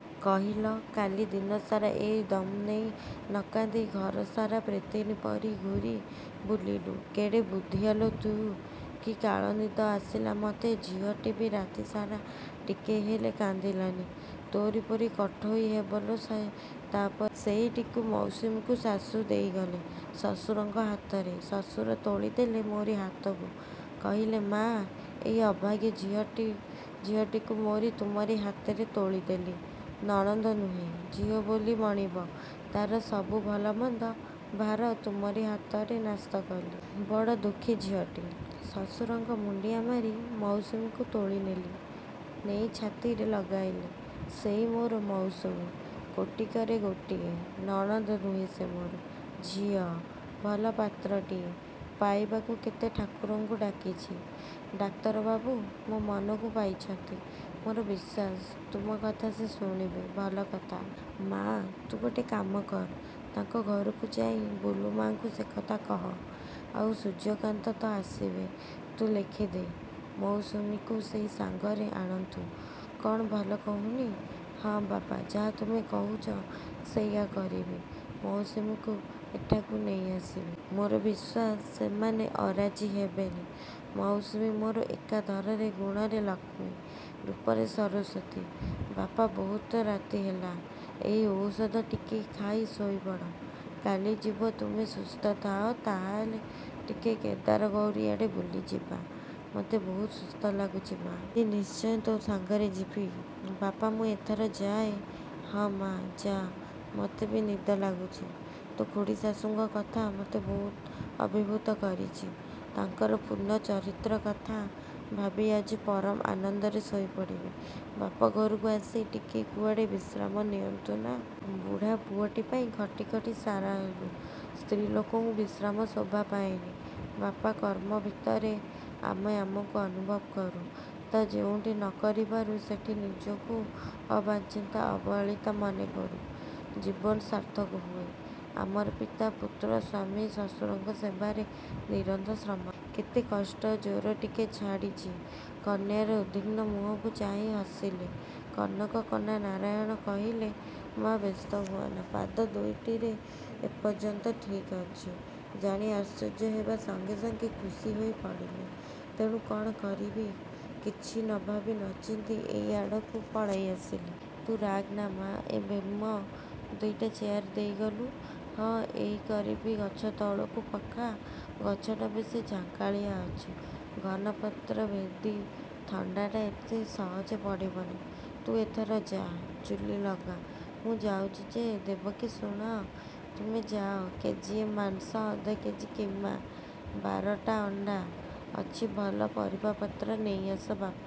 କହିଲ କାଲି ଦିନସାରା ଏଇ ଦମ୍ଭ ନେଇ ନକାନ୍ଦି ଘରସାରା ପ୍ରେତିନୀ ପରି ଘୂରି ବୁଲିଲୁ? କେଡ଼େ ବୁଦ୍ଧିଆ ଲୋ ତୁ। କି କାଳନିଦ ଆସିଲା ମୋତେ! ଝିଅଟି ବି ରାତିସାରା ଟିକିଏ ହେଲେ କାନ୍ଦିଲାନି! ତୋରି ପରି କାଠୋଇ ହେବ ଲୋ ସେ। ତା'ପରେ, ସେଇ ଟିକ ମୌସୁମୀକୁ ଶାଶୂ ଦେଇଗଲେ ଶ୍ୱଶୁରଙ୍କ ହାତରେ, ଶ୍ୱଶୁର ତୋଳିଦେଲେ ମୋରି ହାତକୁ। କହିଲେ ମାଆ, ଏଇ ଅଭାଗୀ ଝିଅଟି ଝିଅଟିକୁ ମୋରି ତୁମରି ହାତରେ ତୋଳିଦେଲି। ନଣନ୍ଦ ନୁହେଁ ଝିଅ ବୋଲି ମଣିବ। ତା'ର ସବୁ ଭଲମନ୍ଦ ଭାର ତୁମରି ହାତରେ ନ୍ୟସ୍ତ କଲି। ବଡ଼ ଦୁଃଖୀ ଝିଅଟି। ଶ୍ୱଶୁରଙ୍କ ମୁଣ୍ଡିଆ ମାରି ମୌସୁମୀକୁ ତୋଳିନେଲି, ନେଇ ଛାତିରେ ଲଗାଇଲି। ସେଇ ମୋର ମୌସୁମୀ। କୋଟିକରେ ଗୋଟିଏ, ନଣନ୍ଦ ନୁହେଁ ସେ ମୋର ଝିଅ। ଭଲ ପାତ୍ରଟିଏ ପାଇବାକୁ କେତେ ଠାକୁରଙ୍କୁ ଡାକିଛି। ଡାକ୍ତରବାବୁ ମୋ ମନକୁ ପାଇଛନ୍ତି, ମୋର ବିଶ୍ୱାସ ତୁମ କଥା ସେ ଶୁଣିବେ। ଭଲକଥା। ମା, ତୁ ଗୋଟିଏ କାମ କର୍। ତାଙ୍କ ଘରକୁ ଯାଇ ବୁଲୁ ମା'ଙ୍କୁ ସେକଥା କହ। ଆଉ ସୂର୍ଯ୍ୟକାନ୍ତ ତ ଆସିବେ। ତୁ ଲେଖିଦେ ମୌସୁମୀକୁ ସେ ସାଙ୍ଗରେ ଆଣନ୍ତୁ। କ'ଣ ଭଲ କହୁନି? ହଁ ବାପା। ଯାହା ତୁମେ କହୁଛ ସେଇଆ କରିବି। ମୌସୁମୀକୁ ଏଠାକୁ ନେଇଆସିବି। ମୋର ବିଶ୍ୱାସ ସେମାନେ ଅରାଜି ହେବେନି। ମୌସୁମୀ ମୋର ଏକାଧାରରେ ଗୁଣରେ ଲକ୍ଷ୍ମୀ, ରୂପରେ ସରସ୍ୱତୀ। ବାପା ବହୁତ ରାତି ହେଲା। ଏଇ ଔଷଧ ଟିକିଏ ଖାଇ ଶୋଇପଡ଼। କାଲି ଯିବ, ତୁମେ ସୁସ୍ଥ ଥାଅ, ତାହାହେଲେ ଟିକେ କେଦାରଗୌରୀ ଆଡ଼େ ବୁଲିଯିବା। ମୋତେ ବହୁତ ସୁସ୍ଥ ଲାଗୁଛି ମା'। କାଲି ନିଶ୍ଚୟ ତୋ ସାଙ୍ଗରେ ଯିବି। ବାପା, ମୁଁ ଏଥର ଯାଏ?ହଁ ମା', ଯା। ମୋତେ ବି ନିଦ ଲାଗୁଛି। ତୋ ଖୁଡ଼ୀଶାଶୂଙ୍କ କଥା ମୋତେ ଅଭିଭୂତ କରିଛି। ତାଙ୍କର ପୂର୍ଣ୍ଣ ଚରିତ୍ର କଥା ଭାବି ଆଜି ପରମ ଆନନ୍ଦରେ ଶୋଇପଡ଼ିବି। ବାପଘରକୁ ଆସି ଟିକିଏ କୁଆଡ଼େ ବିଶ୍ରାମ ନିଅନ୍ତୁ ନା। ବୁଢ଼ା ପୁଅଟି ପାଇଁ ଖଟି ଖଟି ସାରା ହେଲୁ। ସ୍ତ୍ରୀ ଲୋକଙ୍କୁ ବିଶ୍ରାମ ଶୋଭାପାଏନି ବାପା, କର୍ମ ଭିତରେ ଆମେ ଆମକୁ ଅନୁଭବ କରୁ। ତା ଯେଉଁଠି ନ କରିପାରୁ, ସେଠି ନିଜକୁ ଅବାଞ୍ଛିତା, ଅବହେଳିତା ମନେକରୁ। ଜୀବନ ସାର୍ଥକ ହୁଏ ଆମର ପିତା, ପୁତ୍ର, ସ୍ୱାମୀ, ଶ୍ୱଶୁରଙ୍କ ସେବାରେ, ନିରନ୍ଧ୍ର ଶ୍ରମରେ। କେତେ କଷ୍ଟରେ ଜ୍ୱର ଟିକେ ଛାଡ଼ିଛି। କନ୍ୟାର ଉଦ୍ବିଘ୍ନ ମୁହଁକୁ ଚାହିଁ ହସିଲେ କନକନାରାୟଣ। କହିଲେ ମା', ବ୍ୟସ୍ତ ହୁଅନା। ପାଦ ଦୁଇଟିରେ ଏପର୍ଯ୍ୟନ୍ତ ବଳ ଅଛି ଜାଣି ଆଶ୍ଚର୍ଯ୍ୟ ହେବା ସଙ୍ଗେ ସଙ୍ଗେ ଖୁସି ହୋଇପଡ଼ିଲି। ତେଣୁ, କ'ଣ କରିବି କିଛି ନଭାବି ନଚିନ୍ତି ଏଇଆଡ଼କୁ ପଳାଇ ଆସିଲି। ତୁ ରାଗ୍ନା ମାଆ। ଏ ଭୀମ, ଦୁଇଟା ଚେୟାର ଦେଇଗଲୁ, ହଁ ଏଇ କରବୀ ଗଛ ତଳକୁ ପକା। ଗଛଟା ବେଶି ଝଙ୍କାଳିଆ ଅଛି। ଘନ ପତ୍ର ଭେଦି ଥଣ୍ଡାଟା ଏଠି ସହଜେ ପଡ଼ିବନି। ତୁ ଏଥର ଯା, ଚୁଲି ଲଗା, ମୁଁ ଯାଉଛି ଯେ। ଦେବକୀ ଶୁଣ; ତୁମେ ଯାଅ କେଜିଏ ମାଂସ, ଅଧକେଜି କିମା, ବାରଟା ଅଣ୍ଡା, କିଛି ଭଲ ପରିବାପତ୍ର ନେଇଆସ। ବାପା,